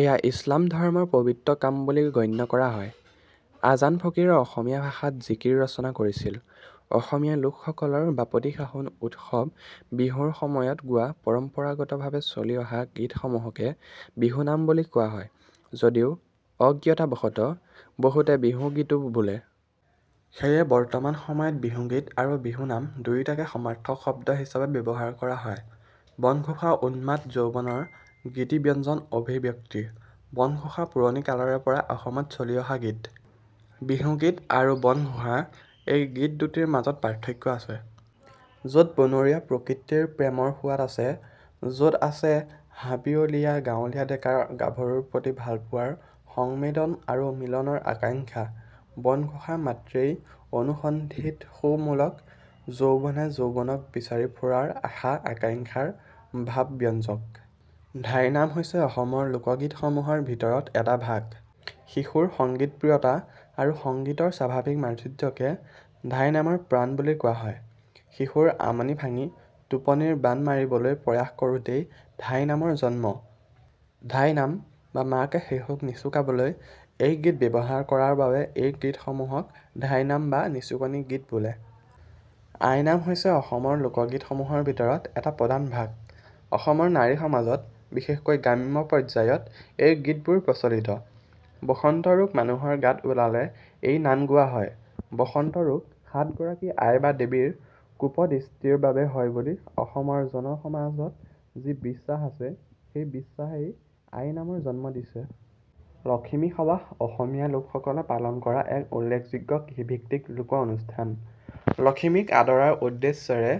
এয়া ইছলাম ধৰ্ম ৰ পবিত্ৰ কাম বুলি গণ্য কৰা হয়। আজান ফকীৰে অসমীয়া ভাষা ত জিকিৰ ৰচনা কৰিছিল। অসমীয়া লোকসকলৰ বাপতিসাহোন উৎসৱ বিহুৰ সময়ত গোৱা পৰম্পৰাগতভাৱে চলি অহা গীতসমূহকে বিহুনাম বুলি কোৱা হয় যদিও অজ্ঞতাবশতঃ বহুতে বিহুগীতো বোলে। সেয়ে, বৰ্তমান সময়ত বিহুগীত আৰু বিহুনাম দুয়োটাকে সমাৰ্থক শব্দ হিচাপে ব্যৱহাৰ কৰা হয়। বনঘোষা উন্মাদ যৌৱনৰ গীতিব্যঞ্জক অভিব্যক্তি। বনঘোষা পুৰণি কালৰে পৰা অসমত চলি অহা গীত। বিহুগীত আৰু বনঘোষা এই গীত দুটিৰ মাজত পাৰ্থক্য আছে। য'ত বনৰীয়া প্ৰকৃতিৰ প্ৰেমৰ সোৱাদ আছে; যত আছে হাবিয়লীয়া গাঁৱলীয়া ডেকাৰ গাভৰুৰ প্ৰতি ভালপোৱাৰ সংবেদন আৰু মিলনৰ আকাংক্ষা। বনঘোষা মাত্ৰেই অনুসন্ধিৎসুমুলক; যৌৱনে যৌৱনক বিচাৰি ফুৰাৰ আশা আকাংক্ষাৰ ভাবব্যঞ্জক। ধাইনাম হৈছে অসমৰ লোকগীতসমূহৰ ভিতৰত এটা ভাগ। শিশুৰ সংগীতপ্ৰিয়তা আৰু সংগীতৰ স্বাভাৱিক মাধুৰ্যকে ধাইনামৰ প্ৰাণ বুলি কোৱা হয়। শিশুৰ আমনি ভাঙি টোপনিৰ বাণ মাৰিবলৈ প্ৰয়াস কৰোঁতেই ধাইনামৰ জন্ম। ধাইনাম বা মাকে শিশুক নিচুকাবলৈ এই গীত ব্যৱহাৰ কৰাৰ বাবে এই গীতসমূহক ধাইনাম বা নিচুকনি গীত বোলে। আইনাম হৈছে অসমৰ লোকগীত সমূহৰ ভিতৰত এটা প্ৰধান ভাগ। অসমৰ নাৰী সমাজত বিশেষকৈ গ্ৰাম্য পৰ্যায়ত এই গীতবোৰ প্ৰচলিত। বসন্ত ৰোগ মানুহৰ গাত ওলালে এই নাম গোৱা হয়। বসন্ত ৰোগ 'সাত গৰাকী আই বা দেৱীৰ' কোপদৃষ্টিৰ বাবে হয় বুলি অসমৰ জনসমাজত যি বিশ্বাস আছে, সেই বিশ্বাসেই আইনামৰ জন্ম দিছে। লখিমী সবাহ অসমীয়া লোকসকলে পালন কৰা এক উল্লেখযোগ্য কৃষিভিত্তিক লোক-অনুষ্ঠান। লখিমীক আদৰাৰ উদ্দেশ্যেৰে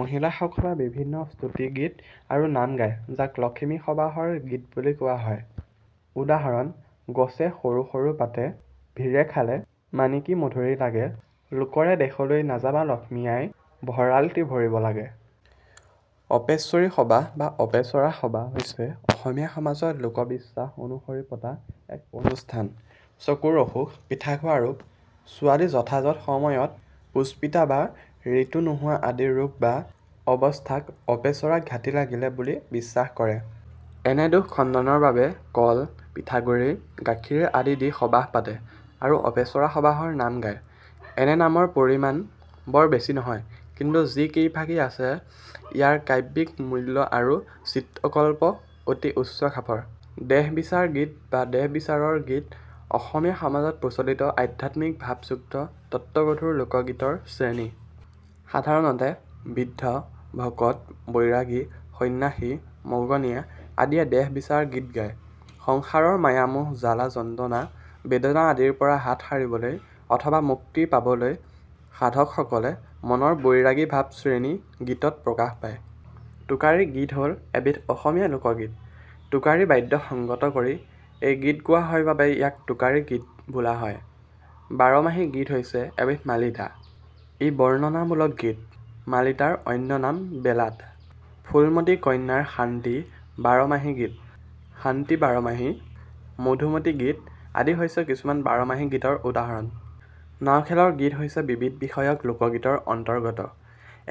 মহিলাসকলে বিভিন্ন স্তুতি গীত আৰু নাম গায়, যাক লখিমী সবাহৰ গীত বুলি কোৱা হয়। উদাহৰণ: গছে সৰু সৰু পাতে ভিৰে খালে মাণিকীমধুৰী লাগে; লোকৰে দেশলৈ নেযাবা লক্ষ্মী আই ভঁৰালটি ভৰিব লাগে। অপেশ্বৰী সবাহ বা অপেচৰা সবাহ হৈছে অসমীয়া সমাজত লোকবিশ্বাস অনুসৰি পতা এক অনুষ্ঠান। চকুৰ অসুখ, পিঠাখোৱা ৰোগ, ছোৱালী যথাযথ সময়ত পুষ্পিতা বা ঋতু নোহোৱা আদি ৰোগ বা অৱস্থাক অপেচৰা ঘাটি লাগিলে বুলি বিশ্বাস কৰে। এনে দোষ খণ্ডনৰ বাবে কল, পিঠাগুৰি, গাখীৰ আদি দি সবাহ পাতে আৰু অপেচৰা সবাহৰ নাম গায়। এনে নামৰ পৰিমাণ বৰ বেছি নহয়; কিন্তু যি কেইফাকি আছে ইয়াৰ কাব্যিক মূল্য আৰু চিত্ৰ-কল্প অতি উচ্চ খাপৰ। দেহ বিচাৰ গীত বা দেহবিচাৰৰ গীত অসমীয়া সমাজত প্ৰচলিত আধ্যাত্মিক ভাবযুক্ত তত্ত্বগধুৰ লোকগীতৰ শ্ৰেণী। সাধাৰণতে বৃদ্ধ, ভকত, বৈৰাগী, সন্ন্যাসী, মগনীয়া আদিয়ে দেহ বিচাৰ গীত গায়। সংসাৰৰ মায়া-মোহ, জ্বালা-যন্ত্ৰণা, বেদনা আদিৰ পৰা হাত সাৰিবলৈ অথবা মুক্তি পাবলৈ সাধকসকলে মনৰ বৈৰাগ্য ভাব শ্ৰেণী গীতত প্ৰকাশ পায়। টোকাৰী গীত হ'ল এবিধ অসমীয়া লোকগীত। টোকাৰী বাদ্য সংগত কৰি এই গীত গোৱা হয় বাবে ইয়াক টোকাৰী গীত বোলা হয়। বাৰমাহী গীত হৈছে এবিধ মালিতা। ই বৰ্ণনামূলক গীত। মালিতাৰ অন্য নাম বেলাড। 'ফুলমতী কন্যাৰ শান্তি বাৰমাহী গীত', 'শান্তি বাৰমাহী', 'মধুমতী গীত' আদি হৈছে কিছুমান বাৰমাহী গীতৰ উদাহৰণ। নাও খেলৰ গীত হৈছে বিবিধ বিষয়ক লোকগীতৰ অন্তৰ্গত।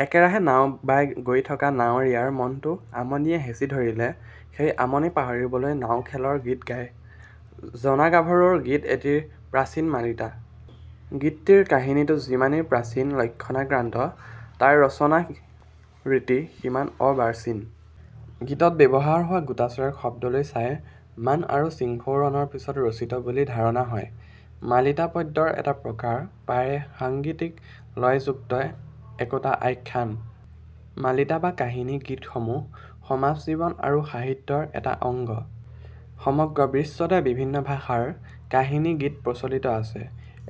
একেৰাহে নাও বাই গৈ থকা নাৱৰীয়াৰ মনটো আমনিয়ে হেঁচি ধৰিলে সেই আমনি পাহৰিবলৈ নাও খেলৰ গীত গায়। জনা গাভৰুৰ গীত এটি প্ৰাচীন মালিতা। গীতটিৰ কাহিনীটো যিমান প্ৰাচীন লক্ষণাক্ৰান্ত, তাৰ ৰচনা-ৰীতি সিমান অৰ্বাচীন। গীতত ব্যৱহাৰ হোৱা গোটাচেৰেক শব্দলৈ চাই মান আৰু চিংফৌ ৰণৰ পিছত ৰচিত বুলি ধাৰণা হয়। মালিতা পদ্যৰ এটা প্ৰকাৰ, প্ৰায়ে সাংগীতিক লয়যুক্ত একোটা আখ্যান। মালিতা বা কাহিনী-গীতসমূহ সমাজ জীৱন আৰু সাহিত্যৰ এটা অঙ্গ। সমগ্ৰ বিশ্বতে বিভিন্ন ভাষাৰ কাহিনী-গীত প্ৰচলিত আছে।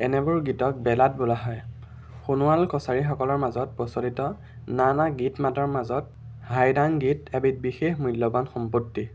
এনেবোৰ গীতক বেলাড বোলা হয়। সোণোৱাল কছাৰী সকলৰ মাজত প্ৰচলিত নানা গীত-মাতৰ মাজত হাইদাং গীত এবিধ বিশেষ মূল্যবান সম্পত্তি।